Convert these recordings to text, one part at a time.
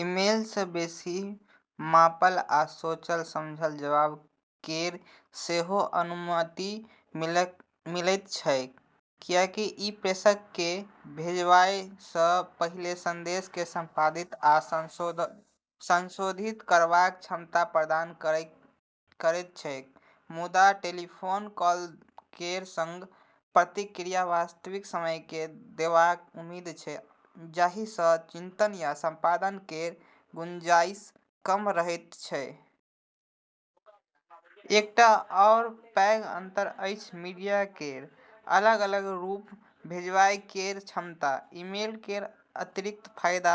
Email सँ बेसि मापल आ सोचल-समझल जवाब केर सेहो अनुमति मिलैत छैक, कियाकि ई प्रेषक केँ भेजबाय सँ पहिले संदेश केँ संपादित आ संशोधित करबाक क्षमता प्रदान करैत छैक। मुदा टेलीफोन कॉल केर संग प्रतिक्रिया वास्तविक समय मे देबाक उम्मीद छै, जाहि सँ चिंतन या संपादन केर गुंजाइश कम रहैत छैक। एकटा आओर पैघ अंतर अछि मीडिया केर अलग-अलग रूप भेजबाय केर क्षमता। ईमेल केर अतिरिक्त फायदा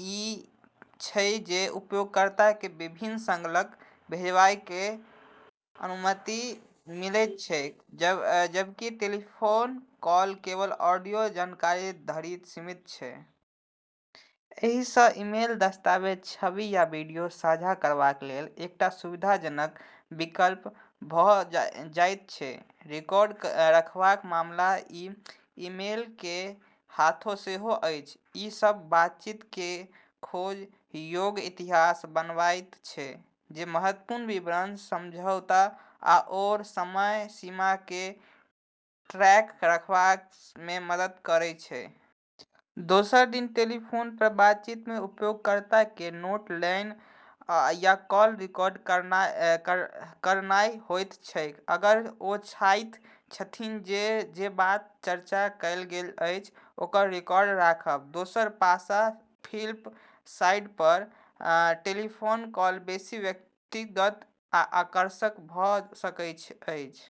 ई छै जे उपयोगकर्ता केँ विभिन्न संलग्नक भेजबाय केर अनुमति मिलैत छैक, जबकि टेलीफोन कॉल केवल ऑडियो जानकारी धरि सीमित छै। एहि सँ ईमेल दस्तावेज, छवि, या वीडियो साझा करबाक लेल एकटा सुविधाजनक विकल्प भऽ जाइत छै। रिकॉर्ड रखबाक मामला मे ईमेल केर हाथ सेहो अछि। ई सभ बातचीत केर खोज योग्य इतिहास बनाबैत छै, जे महत्वपूर्ण विवरण, समझौता आओर समय सीमा केर ट्रैक रखबा मे मदद कऽ सकैत छै। दोसर दिस टेलीफोन पर बातचीत मे उपयोगकर्ता केँ नोट लेनाइ या कॉल रिकॉर्ड करनाइ होइत छैक अगर ओ चाहैत छथि जे जे बात चर्चा कएल गेल अछि ओकर रिकॉर्ड राखब। दोसर पासा फ्लिप साइड पर टेलीफोन कॉल बेसी व्यक्तिगत आ आकर्षक भऽ सकैत अछि।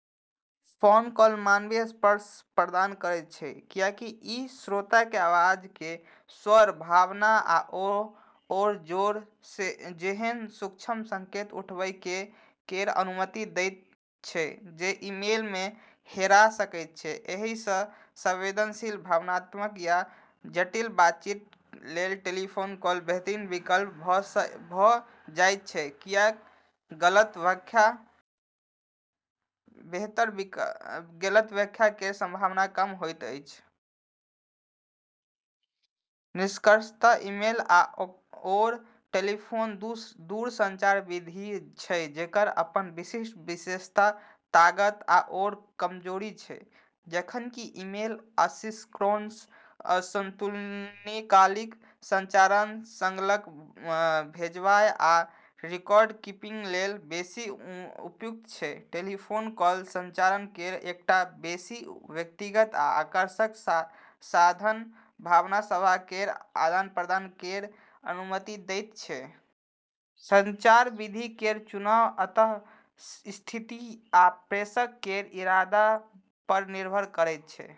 फोन कॉल मानवीय स्पर्श प्रदान करैत छै, कियाकि ई श्रोता केँ आवाज केर स्वर, भावना, आओर जोर जेहन सूक्ष्म संकेत उठाबै केर अनुमति दैत छै, जे ईमेल मे हेरा सकैत छै। एहि सँ संवेदनशील, भावनात्मक या जटिल बातचीत लेल टेलीफोन कॉल बेहतर विकल्प भऽ जाइत छै, कियाकि गलत व्याख्या केर संभावना कम होइत छै। निष्कर्षतः ईमेल आओर टेलीफोन दू संचार विधि छै जेकर अपन विशिष्ट विशेषता, ताकत आओर कमजोरी छै। जखन कि ईमेल असिंक्रोनस अतुल्यकालिक संचार, संलग्नक भेजबाय, आ रिकॉर्ड-कीपिंग लेल बेसि उपयुक्त छै; टेलीफोन कॉल संचार केर एकटा बेसि व्यक्तिगत आ आकर्षक साधन प्रदान करैत छै जे वास्तविक समय मे प्रतिक्रिया आ भावना सभ केर आदान-प्रदान केर अनुमति दैत छै। संचार विधि केर चुनाव अंततः स्थिति आ प्रेषक केर इरादा पर निर्भर करैत छै।